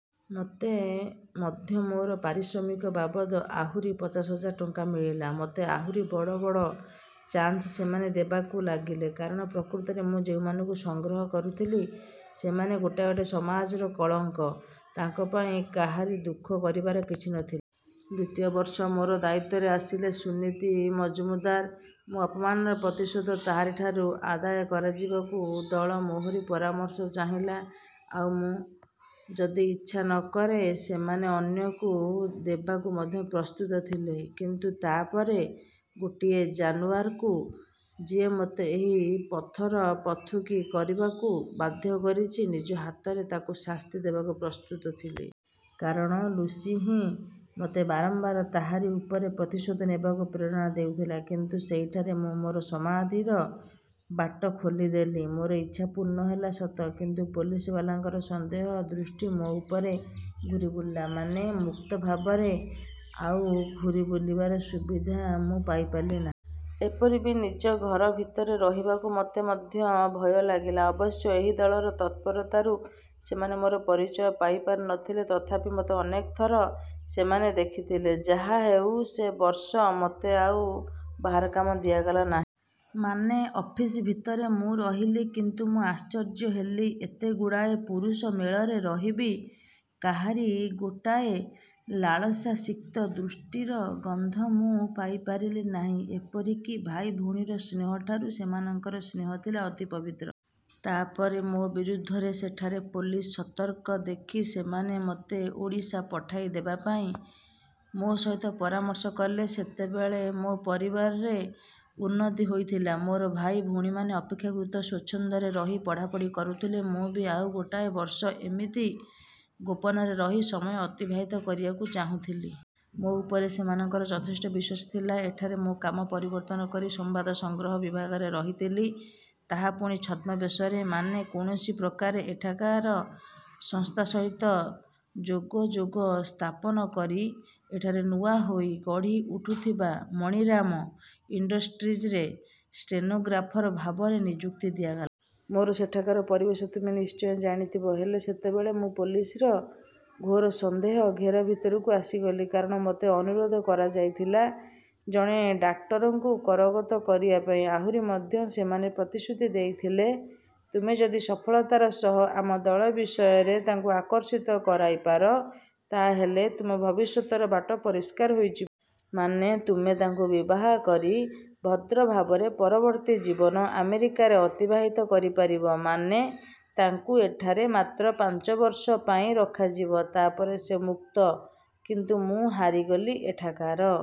ମୋତେ ମଧ୍ୟ ମୋର ପାରିଶ୍ରମିକ ବାବଦ ଆହୁରି ପଚାଶ ହଜାର ଟଙ୍କା ମିଳିଲା। ମୋତେ ଆହୁରି ବଡ଼ ବଡ଼ ଚାନ୍ସ ସେମାନେ ଦେବାକୁ ଲାଗିଲେ। କାରଣ, ପ୍ରକୃତରେ ମୁଁ ଯେଉଁମାନଙ୍କୁ ସଂଗ୍ରହ କରୁଥିଲି, ସେମାନେ ଗୋଟାଏ ଗୋଟାଏ ସମାଜର କଳଙ୍କ। ତାଙ୍କ ପାଇଁ କାହାରି ଦୁଃଖ କରିବାର କିଛି ନ ଥିଲା। ଦ୍ୱିତୀୟ ବର୍ଷ ମୋର ଦାୟିତ୍ୱରେ ଆସିଲେ ସୁନୀତି ମଜୁମଦାର। ମୋ ଅପମାନର ପ୍ରତିଶୋଧ ତାହାରିଠାରୁ ଆଦାୟ କରାଯିବାକୁ ଦଳ ମୋହରି ପରାମର୍ଶ ଚାହିଁଲା। ଆଉ ମୁଁ। ଯଦି ଇଚ୍ଛା ନ କରେ, ସେମାନେ ଅନ୍ୟକୁ ଦେବାକୁ ମଧ୍ୟ ପ୍ରସ୍ତୁତ ଥିଲେ। କିନ୍ତୁ ତା ପରେ ଗୋଟିଏ ଜାନୁଆରକୁ, ଯିଏ ମୋତେ ଏହି ପଥର ପଥୁକୀ କରିବାକୁ ବାଧ୍ୟ କରିଛି, ନିଜ ହାତରେ ତାକୁ ଶାସ୍ତି ଦେବାକୁ ପ୍ରସ୍ତୁତ ଥିଲି। କାରଣ ଲୁସି ହିଁ ମୋତେ ବାରମ୍ବାର ତାହାରି ଉପରେ ପ୍ରତିଶୋଧ ନେବାକୁ ପ୍ରେରଣା ଦେଉଥିଲା। କିନ୍ତୁ ସେହିଠାରେ ମୁଁ ମୋର ସମାଧିର ବାଟ ଖୋଲିଦେଲି। ମୋର ଇଚ୍ଛା ପୂର୍ଣ୍ଣ ହେଲା ସତ; କିନ୍ତୁ ପୋଲିସବାଲାଙ୍କର ସନ୍ଦେହ ଦୃଷ୍ଟି ମୋ ଉପରେ ଘୂରି ବୁଲିଲା। ମାନେ, ମୁକ୍ତ ଭାବରେ ଆଉ ଘୂରି ବୁଲିବାର ସୁବିଧା ମୁଁ ପାଇପାରିଲି ନାହିଁ। ଏପରି ବି ନିଜ ଘର ଭିତରେ ରହିବାକୁ ମୋତେ ମଧ୍ୟ ଭୟ ଲାଗିଲା। ଅବଶ୍ୟ ଏହି ଦଳର ତତ୍ପରତାରୁ ସେମାନେ ମୋର ପରିଚୟ ପାଇ ପାରି ନ ଥିଲେ। ତଥାପି ମୋତେ ଅନେକଥର ସେମାନେ ଦେଖିଥିଲେ। ଯାହା ହେଉ, ସେ ବର୍ଷ ମୋତେ ଆଉ ବାହାର କାମ ଦିଆଗଲା ନାହିଁ। ମାନେ, ଅଫିସ ଭିତରେ ମୁଁ ରହିଲି। କିନ୍ତୁ ମୁଁ ଆଶ୍ଚର୍ଯ୍ୟ ହେଲି, ଏତେଗୁଡ଼ାଏ ପୁରୁଷ ମେଳରେ ରହି ବି କାହାରି ଗୋଟାଏ ଲାଳସାସିକ୍ତ ଦୃଷ୍ଟିର ଗନ୍ଧ ମୁଁ ପାଇ ପାରିଲି ନାହିଁ। ଏପରି କି ଭାଇ ଭଉଣୀର ସ୍ନେହଠାରୁ ସେମାନଙ୍କର ସ୍ନେହ ଥିଲା ଅତି ପବିତ୍ର। ତା ପରେ ମୋ ବିରୁଦ୍ଧରେ ସେଠାରେ ପୋଲିସ ସତର୍କ ଦେଖି, ସେମାନେ ମୋତେ ଓଡ଼ିଶା ପଠାଇ ଦେବା ପାଇଁ ମୋ ସହିତ ପରାମର୍ଶ କଲେ। ସେତେବେଳେ ମୋ ପରିବାରରେ ଉନ୍ନତି ହୋଇଥିଲା। ମୋର ଭାଇ, ଭଉଣୀମାନେ ଅପେକ୍ଷାକୃତ ସ୍ୱଚ୍ଛନ୍ଦରେ ରହି ପଢ଼ାପଢ଼ି କରୁଥିଲେ। ମୁଁ ବି ଆଉ ଗୋଟାଏ ବର୍ଷ ଏମିତି ଗୋପନରେ ରହି ସମୟ ଅତିବାହିତ କରିବାକୁ ଚାହୁଁଥିଲି। ମୋ ଉପରେ ସେମାନଙ୍କର ଯଥେଷ୍ଟ ବିଶ୍ୱାସ ଥିଲା। ଏଠାରେ ମୋ କାମ ପରିବର୍ତ୍ତନ କରି ସମ୍ବାଦ ସଂଗ୍ରହ ବିଭାଗରେ ରହିଥିଲି। ତାହା ପୁଣି ଛଦ୍ମବେଶରେ। ମାନେ, କୌଣସି ପ୍ରକାରେ ଏଠାକାର ସଂସ୍ଥା ସହିତ ଯୋଗଯୋଗ ସ୍ଥାପନ କରି, ଏଠାରେ ନୂଆ ହୋଇ ଗଢ଼ି ଉଠୁଥିବା ମଣିରାମ ଇଣ୍ଡଷ୍ଟ୍ରିଜରେ ଷ୍ଟେନୋଗ୍ରାଫର୍ ଭାବରେ ନିଯୁକ୍ତି ଦିଆଗଲା। ମୋର ସେଠାକାର ପରିବେଶ ତୁମେ ନିଶ୍ଚୟ ଜାଣିଥିବ। ହେଲେ, ସେତେବେଳେ ମୁଁ ପୋଲିସର ଘୋର ସନ୍ଦେହ ଘେର ଭିତରକୁ ଆସିଗଲି। କାରଣ ମୋତେ ଅନୁରୋଧ କରାଯାଇଥିଲା ଜଣେ ଡାକ୍ଟରଙ୍କୁ କରଗତ କରିବା ପାଇଁ। ଆହୁରି ମଧ୍ୟ ସେମାନେ ପ୍ରତିଶ୍ରୁତି ଦେଇଥିଲେ-ତୁମେ ଯଦି ସଫଳତାର ସହ ଆମ ଦଳ ବିଷୟରେ ତାଙ୍କୁ ଆକର୍ଷିତ କରାଇପାର, ତା ହେଲେ ତୁମ ଭବିଷ୍ୟତର ବାଟ ପରିଷ୍କାର ହୋଇଯିବ। ମାନେ, ତୁମେ ତାଙ୍କୁ ବିବାହ କରି ଭଦ୍ର ଭାବରେ ପରବର୍ତ୍ତୀ ଜୀବନ ଆମେରିକାରେ ଅତିବାହିତ କରିପାରିବ। ମାନେ, ତାଙ୍କୁ ଏଠାରେ ମାତ୍ର ପାଞ୍ଚ ବର୍ଷ ପାଇଁ ରଖାଯିବ। ତା ପରେ ସେ ମୁକ୍ତ। କିନ୍ତୁ ମୁଁ ହାରିଗଲି। ଏଠାକାର